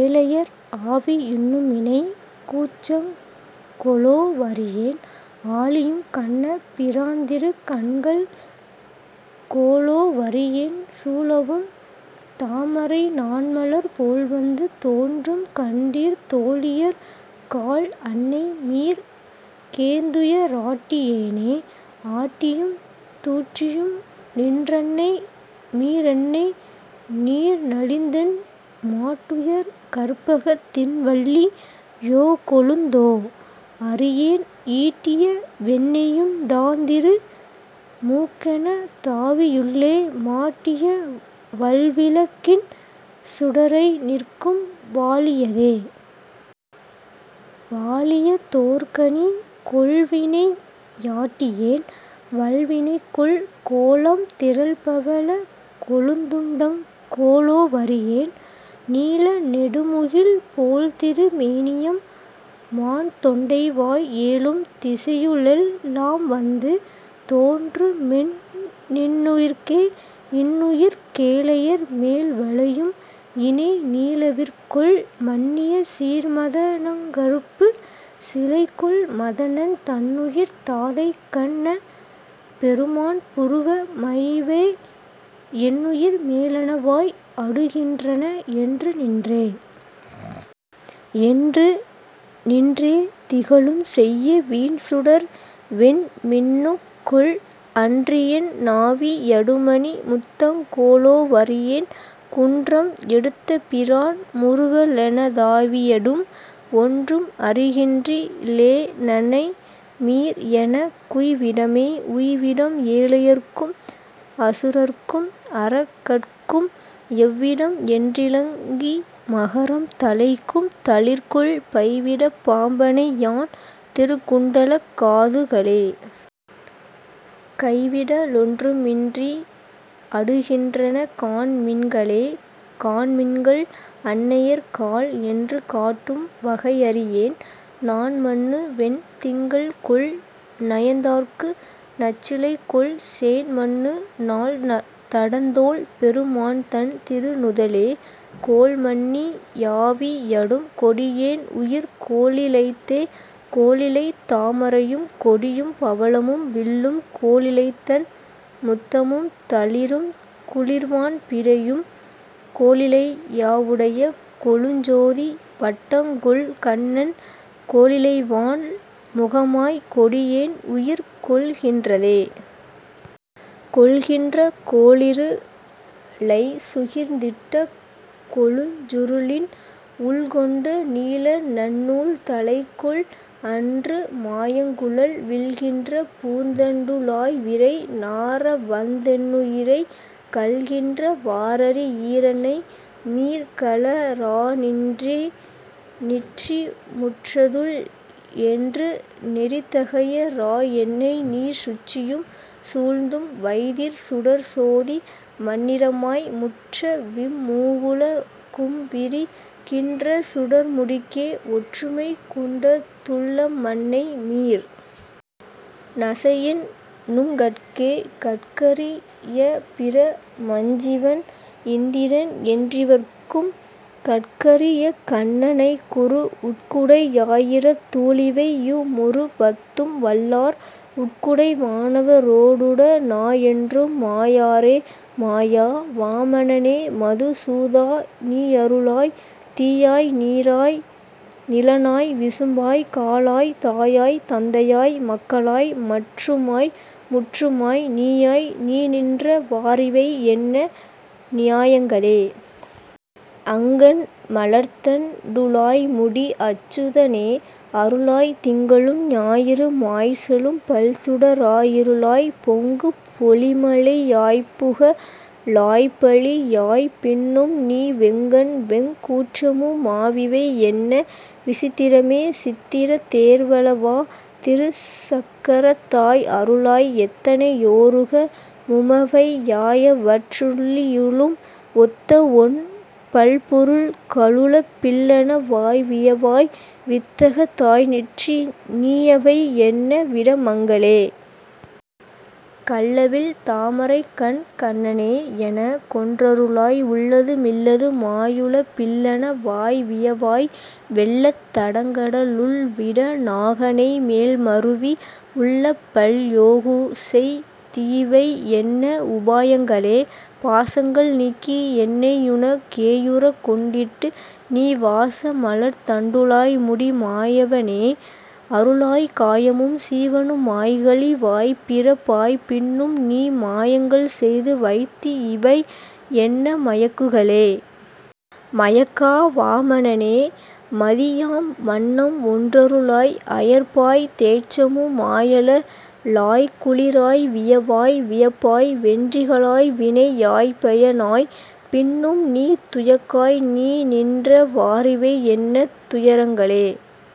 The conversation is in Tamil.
ஏழையர் ஆவியுண் ணுமிணைக் கூற்றங்கொ லோவறியேன், ஆழியுங் கண்ண பிராந்திருக் கண்கள்கொ லோவறியேன், சூழவும் தாமரை நாண்மலர் போல்வந்து தோன்றும்கண்டீர், தோழியர் காள். அன்னை மீர். கேந்துய ராட்டியேனே?. ஆட்டியும் தூற்றியும் நின்றன்னை மீரென்னை நீர்நலிந்தென்? மாட்டுயர் கற்பகத் தின்வல்லி யோகொழுந் தோ? அறியேன், ஈட்டிய வெண்ணெயுண் டாந்திரு மூக்கென தாவியுள்ளே, மாட்டிய வல்விளக் கின் சுடரய்நிற்கும் வாலியதே.. வாலிய தோர்கனி கொல்வினை யாட்டியேன் வல்வினைகொல், கோலம் திரள்பவ ளக்கொழுந் துண்டங்கொ லோவறியேன், நீல நெடுமுகில் போல்திரு மேனியம் மான்தொண்டைவாய், ஏலும் திசையுளெல் லாம்வந்து தோன்றுமென் னின்னுயிர்க்கே.. இன்னுயிர்க் கேழையர் மேல்வளையும் இணை நீலவிற்கொல், மன்னிய சீர்மத னங்கருப்புச் சிலை கொல், மதனன் தன்னுயிர்த் தாதைகண் ணபெருமான் புரு வமவையே, என்னுயிர் மேலன வாய் அடுகின்றன என்று நின்றே.. என்று நின்றேதிக ழும்செய்ய வீன்சுடர் வெண்மின்னுக்கொல், அன்றியென் னாவி யடுமணி முத்தங்கொ லோவறியேன், குன்றம் எடுத்தபி ரான் முறுவலெனதாவியடும், ஒன்றும் அறிகின்றி லேனன்னை மீர். எனக் குய்விடமே.. உய்விடம் ஏழையர்க் கும் அசுரர்க்கும் அரக்கர்கட்கும் எவ்விடம்? என்றிலங் கிமகரம் தழைக் கும்தளிர்கொல், பைவிடப் பாம்பணை யான் திருக்குண்டலக் காதுகளே? கைவிட லொன்றுமின் றிய் அடுகின்றன காண்மின்களே.. காண்மின்கள் அன்னையர் காள். என்று காட்டும் வகையறியேன், நாண்மன்னு வெண்திங்கள் கொல். நயந்தார்கட்கு நச்சிலைகொல், சேண்மன்னு நால்தடந் தோள் பெருமான்தன் திருநுதலே?, கோள்மன்னி யாவி யடும்கொடியேன் உயிர் கோளிழைத்தே.. கோளிழைத் தாமரையும் கொடியும் பவளமும் வில்லும், கோளிழைத்தண் முத்தமும் தளிரும் குளிர்வான் பிறையும், கோளிழையாவுடைய கொழுஞ் சோதி வட்டங்கொல், கண்ணன், கோளிழைவாள் முகமாய்க் கொடியேன் உயிர் கொள்கின்றதே?. கொள்கின்ற கோளிரு ளைச்சுகிர்ந் திட்ட கொழுஞ்சுருளின், உள்கொண்ட நீலநன் னூல்தழை கொல்? அன்று மாயங்குழல், விள்கின்ற பூந்தண் டுழாய்விரை நாறவந் தென்னுயிரை, கள்கின்ற வாறறி யீரன்னை மீர். கழ றாநிற்றிரே.. நிற்றிமுற் றத்துள் என் றுநெரித் தகைய ராயென்னைநீர் சுற்றியும் சூழ்ந்தும் வைதிர்சுடர்ச் சோதி மணிநிறமாய், முற்றவிம் மூவுல கும்விரி கின்ற சுடர்முடிக்கே, ஒற்றுமைக் கொண்டதுள் ளமன்னை மீர். நசை யென்நுங்கட்கே? கட்கரி யபிர மஞ்சிவன் இந்திரன் என்றிவர்க்கும், கட்கரி யகண்ண னைக்குரு, உட்குடை யாயிரத் தூளிவை யுமொரு பத்தும்வல்லார், உட்குடை வானவ ரோடுட னாயென்றும் மாயாரே. மாயா. வாமன னே. மது சூதா. நீயருளாய், தீயாய் நீராய் நிலனாய் விசும்பாய்க் காலாய், தாயாய் தந்தையாய் மக்களாய் மற்றுமாய் முற்றுமாய், நீயாய் நீநின்ற வாறிவை யென்ன நியாயங்களே.. அங்கண் மலர்த்தண் டுழாய்முடி அச்சுத னே. அருளாய், திங்களும் ஞாயிறு மாய்ச்செழும் பல்சுட ராயிருளாய், பொங்கு பொழிமழை யாய்ப்புக ழாய்பழி யாய்ப்பின்னும்நீ, வெங்கண்வெங் கூற்றமு மாவிவை யென்ன விசித்திரமே.. சித்திரத் தேர்வல வா. திருச் சக்கரத் தாய். அருளாய், எத்தனை யோருக முமவை யாயவற் றுள்ளியுலும், ஒத்தவொண் பல்பொருள் களுலப் பில்லன வாய்வியவாய், வித்தகத் தாய்நிற்றி நீயவை யென்ன விடமங்களே.. கள்ளவிழ் தாமரைக்கண்கண்ண னே. எனக் கொன்றருளாய், உள்ளது மில்லது மாயுலப் பில்லன வாய்வியவாய், வெள்ளத் தடங்கட லுள்விட நாகணை மேல்மருவி, உள்ளப்பல் யோகுசெய் தியிவை யென்ன உபாயங்களே.. பாசங்கள் நீக்கியென் னையுனக் கேயுறக் கொண்டிட்டு, நீ வாச மலர்த்தண் டுழாய்முடி மாயவ னே. அருளாய், காயமும் சீவனு மாய்க்கழி வாய்ப்பிறப் பாய்ப்பின்னும்நீ, மாயங்கள்செய்துவைத் தியிவை யென்ன மயக்குகளே.. மயக்கா. வாமன னே. மதி யாம்வண்ணம் ஒன்றருளாய், அயர்ப்பாய்த் தேற்றமு மாயழ லாய்க்குளி ராய்வியவாய், வியப்பாய் வென்றிகளாய்வினை யாய்ப்பய னாய்ப்பின்னும்நீ, துயக்காய் நீநின்ற வாறிவை யென்ன துயரங்களே..